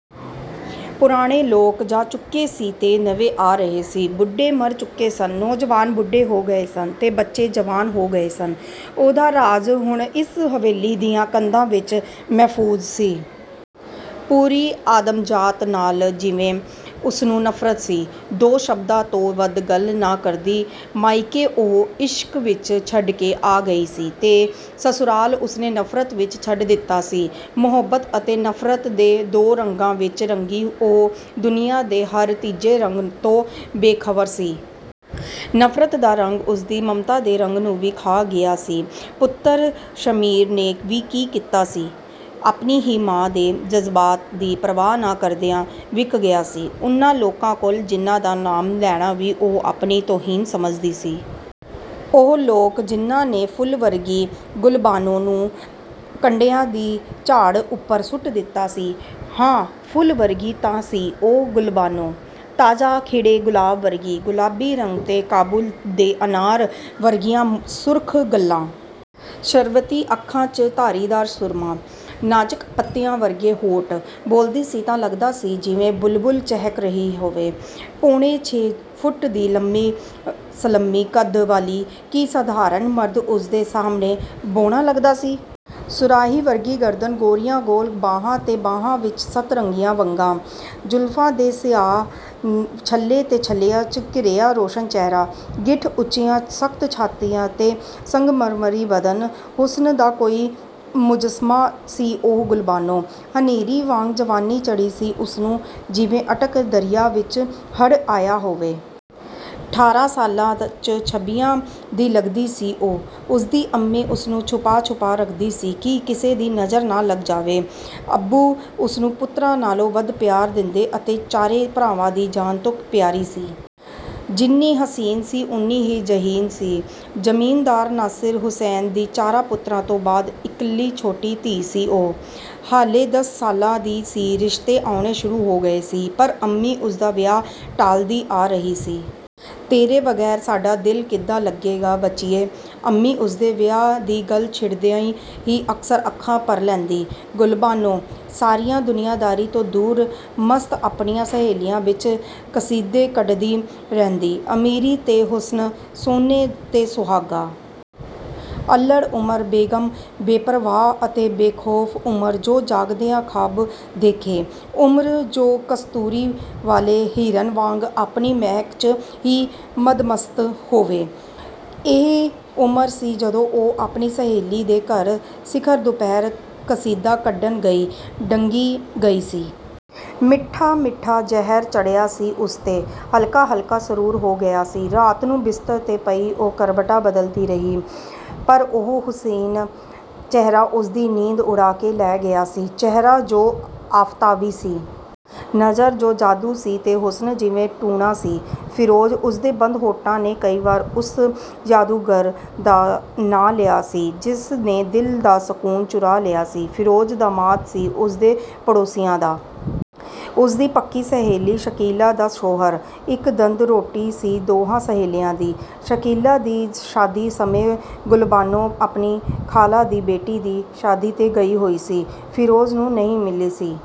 ਪੁਰਾਣੇ ਲੋਕ ਜਾ ਚੁੱਕੇ ਸੀ ਤੇ ਨਵੇਂ ਆ ਰਹੇ ਸੀ। ਬੁੱਢੇ ਮਰ ਚੁੱਕੇ ਸਨ। ਨੌਜਵਾਨ ਬੁੱਢੇ ਹੋ ਗਏ ਸਨ ਤੇ ਬੱਚੇ ਜਵਾਨ ਹੋ ਗਏ ਸਨ। ੳਹਦਾ ਰਾਜ਼ ਹੁਣ ਇਸ ਹਵੇਲੀ ਦੀਆ ਕੰਧਾਂ ਵਿੱਚ ਮਹਿਫੂਜ਼ ਸੀ। ਪੂਰੀ ਆਦਮਜ਼ਾਤ ਨਾਲ ਜਿਵੇਂ ਉਸਨੂੰ ਨਫ਼ਰਤ ਸੀ। ਦੋ ਸ਼ਬਦਾ ਤੋਂ ਵੱਧ ਗੱਲ ਨਾ ਕਰਦੀ। ਮਾਇਕੇ ਉਹ, ਇਸ਼ਕ ਵਿੱਚ ਛੱਡ ਕੇ ਆ ਗਈ ਸੀ ਤੇ ਸਸੁਰਾਲ ਉਸਨੇ ਨਫ਼ਰਤ ਵਿੱਚ ਛੱਡ ਦਿਤਾ ਸੀ। ਮੁਹੱਬਤ ਅਤੇ ਨਫ਼ਰਤ ਦੇ ਦੋ ਰੰਗਾਂ ਵਿੱਚ ਰੰਗੀ ਉਹ ਦੁਨੀਆ ਦੇ ਹਰ ਤੀਜੇ ਰੰਗ ਤੋ ਬੇਖ਼ਬਰ ਸੀ। ਨਫ਼ਰਤ ਦਾ ਰੰਗ ਉਸਦੀ ਮਮਤਾ ਦੇ ਰੰਗ ਨੂੰ ਵੀ ਖਾ ਗਿਆ ਸੀ। ਪੁੱਤਰ ਸ਼ਮੀਰ ਨੇ ਵੀ ਕੀ ਕੀਤਾ ਸੀ…? ਆਪਣੀ ਹੀ ਮਾਂ ਦੇ ਜਜ਼ਬਾਤ ਦੀ ਪ੍ਰਵਾਹ ਨਾ ਕਰਦਿਆਂ ਵਿਕ ਗਿਆ ਸੀ। ਉਨ੍ਹਾਂ ਲੋਕਾਂ ਕੋਲ, ਜਿੰਨ੍ਹਾਂ ਦਾ ਨਾਮ ਲੈਣਾ ਵੀ ਉਹ ਆਪਣੀ ਤੌਹੀਨ ਸਮਝਦੀ ਸੀ। ਉਹ ਲੋਕ ਜਿੰਨ੍ਹਾਂ ਨੇ ਫੁੱਲ ਵਰਗੀ "ਗੁਲਬਾਨੋ"ਨੂੰ ਕੰਡਿਆਂ ਦੀ ਝਾੜ ਉਪਰ ਸੁੱਟ ਦਿਤਾ ਸੀ। ਹਾਂ ਫੁੱਲ ਵਰਗੀ ਤਾਂ ਸੀ ਉਹ ਗੁਲਬਾਨੋ….. ਤਾਜ਼ਾ ਖਿੜ੍ਹੇ ਗੁਲਾਬ ਵਰਗੀ। ਗੁਲਾਬੀ ਰੰਗ ਤੇ ਕਾਬੁਲ ਦੇ ਅਨਾਰ ਵਰਗੀਆ ਸੁੱਰਖ ਗਲ੍ਹਾਂ। ਸ਼ਰਬਤੀ ਅੱਖਾਂ 'ਚ ਧਾਰੀਦਾਰ ਸੁਰਮਾ। ਨਾਜ਼ਿਕ ਪੱਤੀਆ ਵਰਗੇ ਹੋਂਠ। ਬੋਲਦੀ ਸੀ ਤਾਂ ਲਗਦਾ ਸੀ ਜਿਵੇਂ ਬੁਲਬੁਲ ਚਹਿਕ ਰਹੀ ਹੋਵੇ। ਪੌਣੇ ਛੇ ਫੁੱਟ ਦੀ ਲੰਮੀ-ਸਲੰਮੀ ਕੱਦ ਵਾਲੀ ਕਿ ਸਧਾਰਣ ਮਰਦ ਉੁਸਦੇ ਸਾਹਮਣੇ ਬੌਣਾ ਲੱਗਦਾ ਸੀ। ਸੁਰਾਹੀ ਵਰਗੀ ਗਰਦਨ, ਗੋਰੀਆ ਗੋਲ ਬਾਹਾਂ ਤੇ ਬਾਹਾਂ ਵਿੱਚ ਸੱਤ-ਰੰਗੀਆਂ ਵੰਗਾਂ। ਜ਼ੁਲਫਾਂ ਦੇ ਸਿਆਹ ਛੱਲੇ ਤੇ ਛੱਲਿਆਂ, ਚ' ਘਿਰਿਆ ਰੋਸ਼ਨ ਚਿਹਰਾ। ਗਿੱਠ ਉਚੀਆ ਸਖਤ ਛਾਤੀਆ ਤੇ ਸੰਗਮਰਮਰੀ ਬਦਨ। ਹੁਸਨ ਦਾ ਕੋਈ ਮੁਜ਼ੱਸਮਾ ਸੀ ਉਹ ਗੁਲਬਾਨੋ… ਹਨੇਰੀ ਵਾਂਗ ਜਵਾਨੀ ਚੜ੍ਹੀ ਸੀ ਉਸਨੂੰ ਜਿਵੇਂ ਅਟਕ ਦਰਿਆ ਵਿੱਚ ਹੜ੍ਹ ਆਇਆ ਹੋਵੇ। ਠਾਰਾ ਸਾਲਾਂ, ਚ' ਛੱਬੀਆ ਦੀ ਲੱਗਦੀ ਸੀ ਉਹ। ਉਸਦੀ ਅੰਮੀ ਉਸਨੂੰ ਛੁਪਾ-ਛੁਪਾ ਰੱਖਦੀ ਸੀ ਕਿ ਕਿਸੇ ਦੀ ਨਜ਼ਰ ਨਾ ਲੱਗ ਜਾਵੇ। ਅੱਬੂ ਉਸਨੂੰ ਪੁੱਤਰਾ ਨਾਲੋ ਵੱਧ ਪਿਆਰ ਦਿੰਦੇ ਅਤੇ ਚਾਰੇ ਭਰਾਵਾਂ ਦੀ ਜਾਨ ਤੋਂ ਪਿਆਰੀ ਸੀ। ਜਿੰਨੀ ਹਸੀਨ ਸੀ ਉਨ੍ਹੀ ਹੀ ਜ਼ਹੀਨ ਸੀ। ਜ਼ਮੀਨਦਾਰ ਨਾਸਿਰ ਹੁਸੈਨ ਦੀ ਚਾਰਾ ਪੁੱਤਰਾ ਤੋ ਬਾਅਦ ਇੱਕਲੀ ਛੋਟੀ ਧੀ ਸੀ ਉਹ। ਹਾਲੇ ਦਸ ਸਾਲਾਂ ਦੀ ਸੀ ਰਿਸ਼ਤੇ ਆਉਣੇ ਸ਼ੁਰੂ ਹੋ ਗਏ ਸੀ। ਪਰ ਅੰਮੀ ਉਸਦਾ ਵਿਆਹ ਟਾਲਦੀ ਆ ਰਹੀ ਸੀ। "ਤੇਰੇ ਬਗੈਰ ਸਾਡਾ ਦਿਲ ਕਿੱਦਾ ਲੱਗੇਗਾ ਬੱਚੀਏ"ਅੰਮੀ ਉਸਦੇ ਵਿਆਹ ਦੀ ਗੱਲ ਛਿੜਦਿਆਂ ਹੀ ਅਕਸਰ ਅੱਖਾਂ ਭਰ ਲੈਦੀ। ਗੁਲਬਾਨੋ, ਸਾਰੀਆ ਦੁਨੀਆਦਾਰੀ ਤੋਂ ਦੂਰ ਮਸਤ ਆਪਣੀਆ ਸਹੇਲੀਆਂ ਵਿੱਚ ਕਸੀਦੇ ਕੱਢਦੀ ਰਹਿੰਦੀ। ਅਮੀਰੀ ਤੇ ਹੁਸਨ, ਸੋਨੇ ਤੇ ਸੁਹਾਗਾ। ਅਲੜ੍ਹ ਉਮਰ, ਬੇਗਮ, ਬੇਪ੍ਰਵਾਹ ਅਤੇ ਬੇਖੌਫ। ਉਮਰ, ਜੋ ਜਾਗਦਿਆ ਖਾਬ ਦੇਖੇ.. ਉਮਰ, ਜੋ ਕਸਤੂਰੀ ਵਾਲੇ ਹਿਰਨ ਵਾਂਗ ਆਪਣੀ ਮਹਿਕ, ਚ' ਹੀ ਮਦਮਸਤ ਹੋਵੇ। ਇਹੀ ਉਮਰ ਸੀ ਜਦੋਂ ਉਹ ਆਪਣੀ ਸਹੇਲੀ ਦੇ ਘਰ ਸਿੱਖਰ ਦੁਪਿਹਰ ਕਸੀਦਾ ਕੱਢਣ ਗਈ ਡੰਗੀ ਗਈ ਸੀ। ਮਿੱਠਾ-ਮਿਠਾ ਜ਼ਹਿਰ ਚੜ੍ਹਿਆ ਸੀ ਉਸ ਤੇ ਹਲਕਾ-ਹਲਕਾ ਸਰੂਰ ਹੋ ਗਿਆ ਸੀ। ਰਾਤ ਨੂੰ ਬਿਸਤਰ ਤੇ ਪਈ ਉਹ ਕਰਵਟਾਂ ਬਦਲਦੀ ਰਹੀ। ਪਰ ਉਹ ਹੁਸੀਨ ਚਿਹਰਾ ਉਸਦੀ ਨੀਂਦ ਉੜਾ ਕੇ ਲੈ ਗਿਆ ਸੀ। ਚਿਹਰਾ ਜੋ ਆਫ਼ਤਾਬੀ ਸੀ। ਨਜ਼ਰ, ਜੋ ਜਾਦੂ ਸੀ ਤੇ ਹੁਸਨ, ਜਿਵੇ ਟੂਣਾ ਸੀ। "ਫਿਰੋਜ਼"… ਉਸਦੇ ਬੰਦ ਹੋਠਾਂ ਨੇ ਕਈ ਵਾਰ ਉਸ ਯਾਦੂਗਰ ਦਾ ਨਾਂ ਲਿਆ ਸੀ, ਜਿਸ ਨੇ ਦਿਲ ਦਾ ਸਕੂਨ ਚੁਰਾ ਲਿਆ ਸੀ। ਫਿਰੋਜ਼ ਦਾਮਾਦ ਸੀ ਉਸਦੇ ਪੜੌਸੀਆਂ ਦਾ। ਉਸਦੀ ਪੱਕੀ ਸਹੇਲੀ ਸ਼ਕੀਲਾ ਦਾ ਸ਼ੌਹਰ। ਇੱਕ ਦੰਦ ਰੋਟੀ ਸੀ ਦੋਹਾਂ ਸਹੇਲੀਆ ਦੀ। ਸ਼ਕੀਲਾ ਦੀ ਸ਼ਾਦੀ ਸਮੇਂ ਗੁਲਬਾਨੋ ਆਪਣੀ ਖਾਲਾਂ ਦੀ ਬੇਟੀ ਦੀ ਸ਼ਾਦੀ ਤੇ ਗਈ ਹੋਈ ਸੀ, ਫਿਰੋਜ਼ ਨੂੰ ਨਹੀ ਮਿਲੀ ਸੀ।